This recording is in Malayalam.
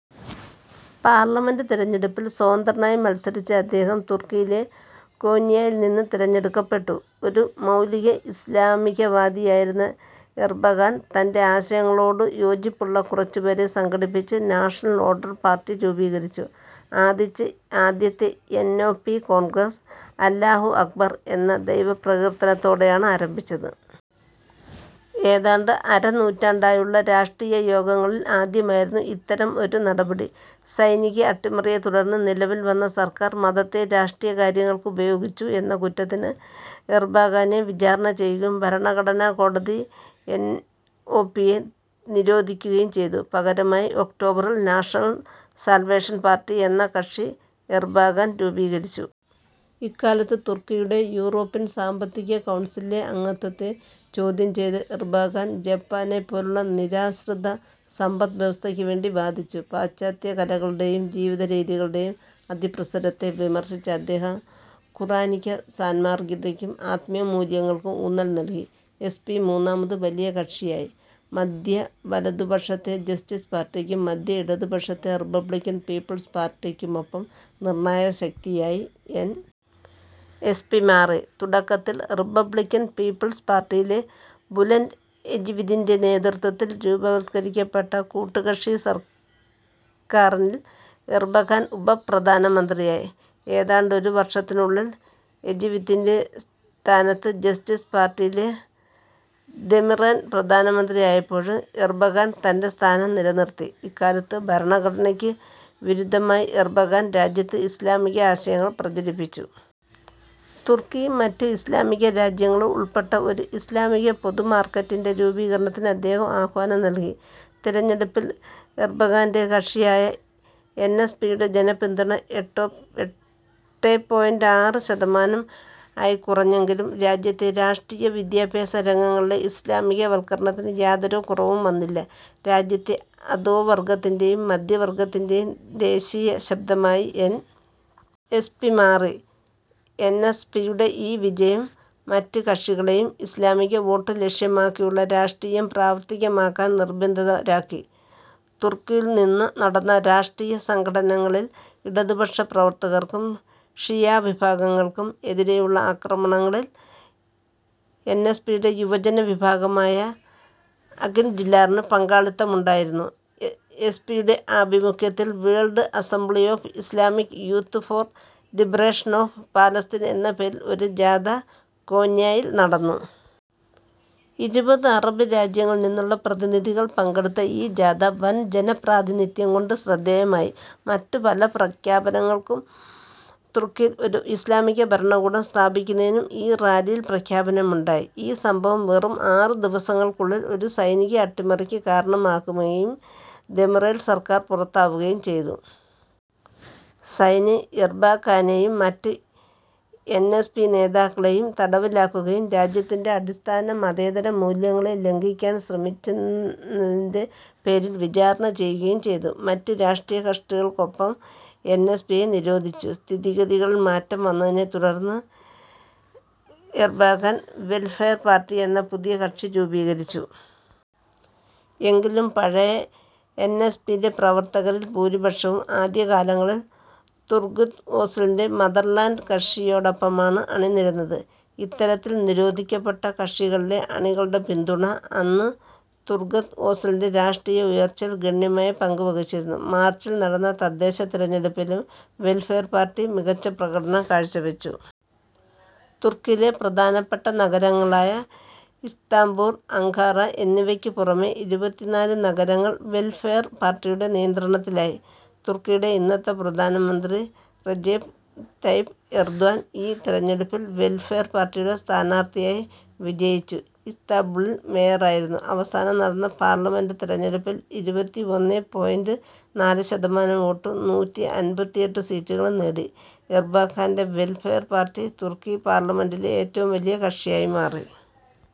പാർലമെൻ്റ് തിരഞ്ഞെടുപ്പിൽ സ്വതന്ത്രനായി മത്സരിച്ച അദ്ദേഹം, തുർക്കിയിലെ കോന്യയിൽ നിന്നും തിരഞ്ഞെടുക്കപ്പെട്ടു. ഒരു മൗലിക ഇസ്ലാമികവാദിയായിരുന്ന എർബകാൻ, തൻ്റെ ആശയങ്ങളോട് യോജിപ്പുള്ള കുറച്ചുപേരെ സംഘടിപ്പിച്ച് നാഷണൽ ഓർഡർ പാർട്ടി രൂപീകരിച്ചു. ആദ്യത്തെ എൻ. ഒ. പി. കോൺഗ്രസ്, അല്ലാഹു അക്ബർ എന്ന ദൈവ പ്രകീർത്തനത്തോടെയാണ് ആരംഭിച്ചത്. ഏതാണ്ട് അര നൂറ്റാണ്ടായുള്ള രാഷ്ട്രീയയോഗങ്ങളിൽ ആദ്യമായിരുന്നു ഇത്തരം ഒരു നടപടി. സൈനിക അട്ടിമറിയെത്തുടർന്ന് നിലവിൽ വന്ന സർക്കാർ, മതത്തെ രാഷ്ട്രീയകാര്യങ്ങൾക്ക് ഉപയോഗിച്ചു എന്ന കുറ്റത്തിന്, എർബകാനെ വിചാരണ ചെയ്യുകയും ഭരണഘടനാകോടതി എൻ. ഒ. പിയെ നിരോധിക്കുകയും ചെയ്തു. പകരമായി ഒക്ടോബറിൽ നാഷണൽ സാൽവേഷൻ പാർട്ടി എന്ന കക്ഷി എർബകാൻ രൂപീകരിച്ചു. ഇക്കാലത്ത് തുർക്കിയുടെ യൂറോപ്യൻ സാമ്പത്തിക കൗൺസിലിലെ അംഗത്വത്തെ ചോദ്യം ചെയ്ത എർബകാൻ, ജപ്പാനെപ്പോലുള്ള നിരാശ്രിത സമ്പദ് വ്യവസ്ഥക്ക് വേണ്ടി വാദിച്ചു. പാശ്ചാത്യകലകളുടേയും ജീവിതരീതികളുടേയും അതിപ്രസരത്തെ വിമർശിച്ച അദ്ദേഹം ഖുർആനിക സാന്മാർഗികതക്കും ആത്മീയമൂല്യങ്ങൾക്കും ഊന്നൽ നൽകി. എസ്. പി. മൂന്നാമത് വലിയ കക്ഷിയായി. മദ്ധ്യവലതുപക്ഷത്തെ ജസ്റ്റിസ് പാർട്ടിക്കും മദ്ധ്യഇടതുപക്ഷത്തെ റിപ്പബ്ലിക്കൻ പീപ്പിൾസ് പാർട്ടിക്കുമൊപ്പം നിർണായകശക്തിയായി എൻ. എസ്. പി. മാറി. തുടക്കത്തിൽ റിപ്പബ്ലിക്കൻ പീപ്പിൾസ് പാർട്ടിയിലെ ബുലൻ്റ് എജവിതിൻ്റെ നേതൃത്വത്തിൽ രൂപവത്കരിക്കപ്പെട്ട കൂട്ടുകക്ഷിസർക്കാറീൽ എർബകാൻ ഉപപ്രധാനമന്ത്രിയായി. ഏതാണ്ടൊരുവർഷത്തിനുള്ളിൽ എജവിത്തിന്റെ സ്ഥാനത്ത് ജസ്റ്റിസ് പാർട്ടിയിലെ ദെമിറേൽ പ്രധാനമന്ത്രിയായപ്പോഴും എർബകാൻ തൻ്റെ സ്ഥാനം നിലനിർത്തി. ഇക്കാലത്ത്, ഭരണഘടനക്ക് വിരുദ്ധമായി എർബകാൻ രാജ്യത്ത് ഇസ്ലാമിക അശയങ്ങൾ പ്രചരിപ്പിച്ചു. തുർക്കിയും മറ്റു ഇസ്ലാമികരാജ്യങ്ങളും ഉൾപ്പെട്ട ഒരു ഇസ്ലാമിക പൊതുമാർക്കറ്റിൻ്റെ രൂപീകരണത്തിന് അദ്ദേഹം ആഹ്വാനം നൽകി. തിരഞ്ഞെടുപ്പിൽ എർബകാൻ്റെ കക്ഷിയായ എൻ. എസ്. പിയുടെ ജനപിന്തുണ എട്ടേ പോയിൻ്റ് ആറ് ശതമാനം ആയിക്കുറഞ്ഞെങ്കിലും രാജ്യത്തെ രാഷ്ട്രീയ വിദ്യാഭ്യാസരംഗങ്ങളിലെ ഇസ്ലാമികവൽക്കരണത്തിന് യാതൊരു കുറവും വന്നില്ല. രാജ്യത്തെ അധോവർഗ്ഗത്തിൻ്റേയും മദ്ധ്യവർഗ്ഗത്തിൻ്റേയും ദേശീയശബ്ദമായി എൻ. എസ്. പി. മാറി. എൻ. എസ്. പിയുടെ ഈ വിജയം മറ്റു കക്ഷികളേയും ഇസ്ലാമികവോട്ട് ലക്ഷ്യമാക്കിയുള്ള രാഷ്ട്രീയം പ്രാവർത്തികമാക്കാൻ നിർബന്ധിതരാക്കി. തുർക്കിയിൽ നടന്ന രാഷ്ട്രീയസംഘട്ടനങ്ങളിൽ, ഇടതുപക്ഷപ്രവർത്തകർക്കും ഷിയാവിഭാഗങ്ങൾക്കും എതിരെയുള്ള അക്രമങ്ങളിൽ എൻ. എസ്. പിയുടെ യുവജനവിഭാഗമായ അകിൻജിലാറിന് പങ്കാളിത്തമുണ്ടായിരുന്നു. എസ്. പിയുടെ ആഭിമുഖ്യത്തിൽ World Assembly of Islamic Youth for Liberation of Palestine എന്ന പേരിൽ ഒരു ജാഥ കോന്യയിൽ നടന്നു. ഇരുപത് അറബ് രാജ്യങ്ങളിൽ നിന്നുള്ള പ്രതിനിധികൾ പങ്കെടുത്ത ഈ ജാഥ, വൻ ജനപ്രാതിനിധ്യം കൊണ്ട് ശ്രദ്ധേയമായി. മറ്റു പല പ്രഖ്യാപനങ്ങൾക്കുമൊപ്പം, തുർക്കിയിൽ ഒരു ഇസ്ലാമികഭരണകൂടം സ്ഥാപിക്കുന്നതിനും ഈ റാലിയിൽ പ്രഖ്യാപനമുണ്ടായി. ഈ സംഭവം വെറും ആറു ദിവസങ്ങൾക്കുള്ളിൽ ഒരു സൈനിക അട്ടിമറിക്ക് കാരണമാകുകയും ദെമിറേൽ സർക്കാർ പുറത്താവുകയും ചെയ്തു. സൈന്യം എർബക്കാനേയും മറ്റു എൻ. എസ്. പി. നേതാക്കളേയും തടവിലാക്കുകയും രാജ്യത്തിൻ്റെ അടിസ്ഥാന മതേതരമൂല്യങ്ങളെ ലംഘിക്കാൻ ശ്രമിച്ചെന്നതിൻ്റെ പേരിൽ വിചാരണ ചെയ്യുകയും ചെയ്തു. മറ്റു രാഷ്ട്രീയകക്ഷികൾക്കൊപ്പം എൻ. എസ്. പിയെ നിരോധിച്ചു. സ്ഥിതിഗതികളിൽ മാറ്റം വന്നതിനെത്തുടർന്ന് എർബകാൻ വെൽഫെയർ പാർട്ടി എന്ന പുതിയ കക്ഷി രൂപീകരിച്ചു. എങ്കിലും പഴയ എൻ. എസ്. പിയിലെ പ്രവർത്തകരിൽ ഭൂരിപക്ഷവും, ആദ്യകാലങ്ങളിൽ തുർഗുത് ഓസലിൻ്റെ മദർലാൻഡ് കക്ഷിയോടൊപ്പമാണ് അണിനിരന്നത്. ഇത്തരത്തിൽ നിരോധിക്കപ്പെട്ട കക്ഷികളിലെ അണികളുടെ പിന്തുണ, അന്ന് തുർഗുത് ഓസലിൻ്റെ രാഷ്ട്രീയ ഉയർച്ചയിൽ ഗണ്യമായ പങ്കുവഹിച്ചിരുന്നു. മാർച്ചിൽ നടന്ന തദ്ദേശതിരഞ്ഞെടുപ്പിലും വെൽഫെയർ പാർട്ടി മികച്ചപ്രകടനം കാഴ്ച വച്ചു. തുർക്കിയിലെ പ്രധാനപ്പെട്ട നഗരങ്ങളായ ഇസ്താംബൂൾ, അങ്കാറ എന്നിവക്കു പുറമേ ഇരുപത്തിനാല് നഗരങ്ങൾ വെൽഫെയർ പാർട്ടിയുടെ നിയന്ത്രണത്തിലായി. തുർക്കിയുടെ ഇന്നത്തെ പ്രധാനമന്ത്രി, റെജെപ് തയിപ് എർദ്വാൻ, ഈ തിരഞ്ഞെടുപ്പിൽ വെൽഫെയർ പാർട്ടിയുടെ സ്ഥാനാർത്ഥിയായി വിജയിച്ച് ഇസ്താംബൂളിൽ മേയറായിരുന്നു. അവസാനം നടന്ന പാർലമെൻ്റ് തിരഞ്ഞെടുപ്പിൽ ഇരുപത്തി ഒന്നേ പോയിൻ്റ് നാല് ശതമാനം വോട്ടും, നൂറ്റി അൻപത്തി എട്ട് സീറ്റുകളും നേടി, എർബകാൻ്റെ വെൽഫെയർ പാർട്ടി, തുർക്കി പാർലമെൻ്റിലെ ഏറ്റവും വലിയ കക്ഷിയായി മാറി.